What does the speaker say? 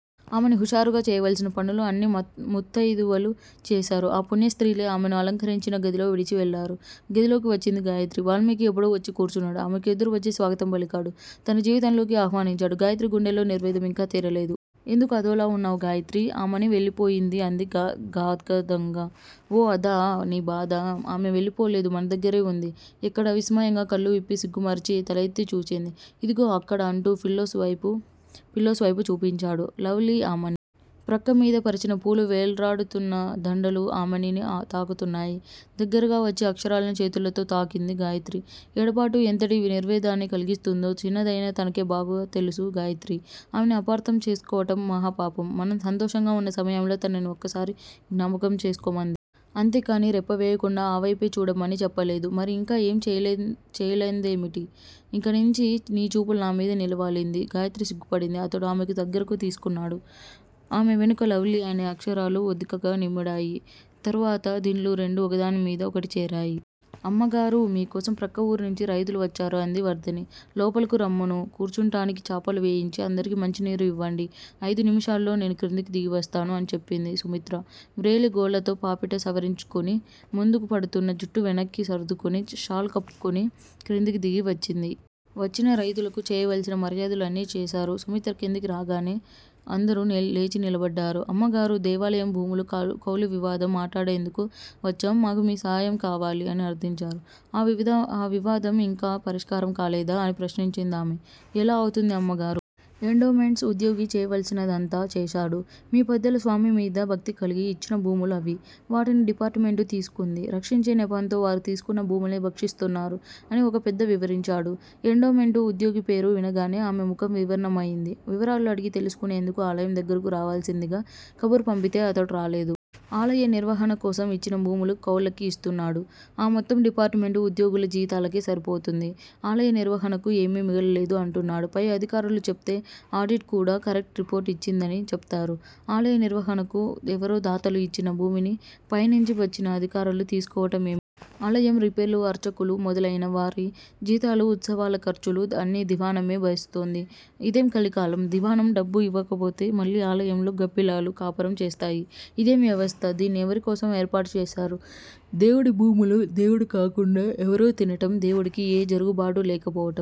ఆమని హుషారుగా చేయవలసిన పనులు అన్నీ ముత్తయిదువలు చేశారు. ఆ పుణ్య స్త్రీలే ఆమెను అలంకరించిన గదిలో విడచి వెళ్ళారు. గదిలోకి వచ్చింది గాయత్రి. వాల్మీకి ఎప్పుడో వచ్చి కూర్చున్నాడు. ఆమెకు ఎదురు వచ్చి స్వాగతం పలికాడు! తన జీవితంలోకి ఆహ్వానించాడు. గాయత్రి గుండెల్లో నిర్వేదం ఇంకా తీరలేదు. ఎందుకు అదోలా వున్నావు గాయత్రీ! ఆమని వెళ్ళిపోయింది అంది గాద్గదంగా! ఓ అదా నీ బాధ! ఆమె వెళ్ళిపోలేదు మనదగ్గరే వుంది! ఎక్కడ? విస్మయంగా కళ్ళు విప్పి సిగ్గు మరచి తలఎత్తి చూచింది. ఇదిగో అక్కడ అంటూ పిల్లోస్ వైపు చూపించాడు. లవ్ లీ ఆమని! ప్రక్కమీద పరచిన పూలు వ్రేలాడుతున్న దండలు ఆమని ని తాకుతున్నాయి. దగ్గరగా వచ్చి అక్షరాలను చేతులతో తాకింది గాయత్రి. ఎడబాటు ఎంతటి నిర్వేదాన్ని కలిగిస్తుందో చిన్నదయినా తనకే బాగా తెలుసు గాయత్రీ! ఆమెను అపార్ధం చేసుకోవటం మహాపాపం! మనం సంతోషంగా వున్న సమయంలో తనని ఒక్కసారి జ్ఞాపకం చేసుకోమంది. అంతేకాని రెప్పవేయకుండా ఆవైపే చూడమని చెప్పలేదు మరి ఇంకా ఏం చేయలందేమిటి? ఇకనించి నీ చూపులు నామీద నిలవాలంది. గాయత్రి సిగ్గుపడింది. అతడు ఆమెను దగ్గరకు తీసుకున్నాడు. ఆమె వెనుక లవ్ లీ అనే అక్షరాలు ఒద్దికగా ఇమిడాయి. తరువాత దిండ్లు రెండు ఒకదానిమీద ఒకటి చేరాయి. అమ్మగారూ! మీకోసం ప్రక్కఊరినుంచి రైతులు వచ్చారు అంది వర్ధని. లోపలకు రమ్మను! కూర్చుంటానికి చాపలు వేయించి అందరికి మంచినీరు ఇవ్వండి. అయిదు నిముషాల్లో నేను క్రిందికి దిగి వస్తాను అని చెప్పింది సుమిత్ర. వ్రేలిగోళ్ళతో పాపిట సవరించుకుని ముందుకు పడుతున్న జుట్టు వెనక్కి సర్దుకుని షాల్ కప్పుకుని క్రిందికి దిగి వచ్చింది. వచ్చిన రైతులకు చేయవలసిన మర్యాదలు అన్నీ చేశారు. సుమిత్ర క్రిందికి దిగి రాగానే అందరూ లేచి నిలబడ్డారు. అమ్మగారూ! దేవాలయం భూములు కౌలువివాదం మాటాడేందుకు వచ్చాం మాకు మీ సాయం కావాలి! అని అర్దించారు. ఆ వివాదం ఇంకా పరిష్కారం కాలేదా? అని ప్రశ్నించిందామె. ఎలా అవుతుంది అమ్మగారూ! ఎండోమెంట్స్ ఉద్యోగి చేయవలసినదంతా చేశాడు. మీ పెద్దలు స్వామిమీద భక్తి కలిగి ఇచ్చిన భూములు అవి! వాటిని డిపార్టుమెంటు తీసుకుంది. రక్షించే నెపంతో వారు తీసుకున్న భూముల్ని భక్షిస్తున్నారు అని ఒక పెద్ద వివరించాడు. ఎండోమెంటు ఉద్యోగి పేరు వినగానే ఆమె ముఖం వివర్ణమయింది. వివరాలు అడిగి తెలుసుకునేందుకు ఆలయం దగ్గరకు రావలసిందిగా కబురు పంపితే అతడు రాలేదు. ఆలయ నిర్వహణకోసం ఇచ్చిన భూములు కౌళ్ళకి యిస్తున్నాడు. ఆ మొత్తం డిపార్టుమెంటు ఉద్యోగుల జీతాలకే సరిపోతోంది. ఆలయ నిర్వహణకు ఏమీ మిగలలేదు అంటున్నాడు. పై అధికారులు చెప్తే ఆడిట్ కూడా కరెక్ట్ రిపోర్ట్ ఇచ్చిందని చెప్తారు. ఆలయ నిర్వహణకు ఎవరో దాతలు ఇచ్చిన భూమిని పైనించి వచ్చిన అధికారులు తీసుకోవటం ఏమిటి? ఆలయం రిపేర్లు అర్చకులు మొదలయిన వారి జీతాలు ఉత్సవాల ఖర్చులు అన్నీ దివాణమే భరిస్తోంది. ఇదేం కలికాలం! దివాణం డబ్బు ఇవ్వకపోతే మళ్ళీ ఆలయంలో గబ్బిలాలు కాపురం చేస్తాయి. ఇదేం వ్యవస్థ! దీన్ని ఎవరికోసం ఏర్పాటుచేశారు. దేవుడి భూములు దేవుడు కాకుండా ఎవరో తినటం, దేవుడికి ఏ జరుగుబాటూ లేకపోవటం!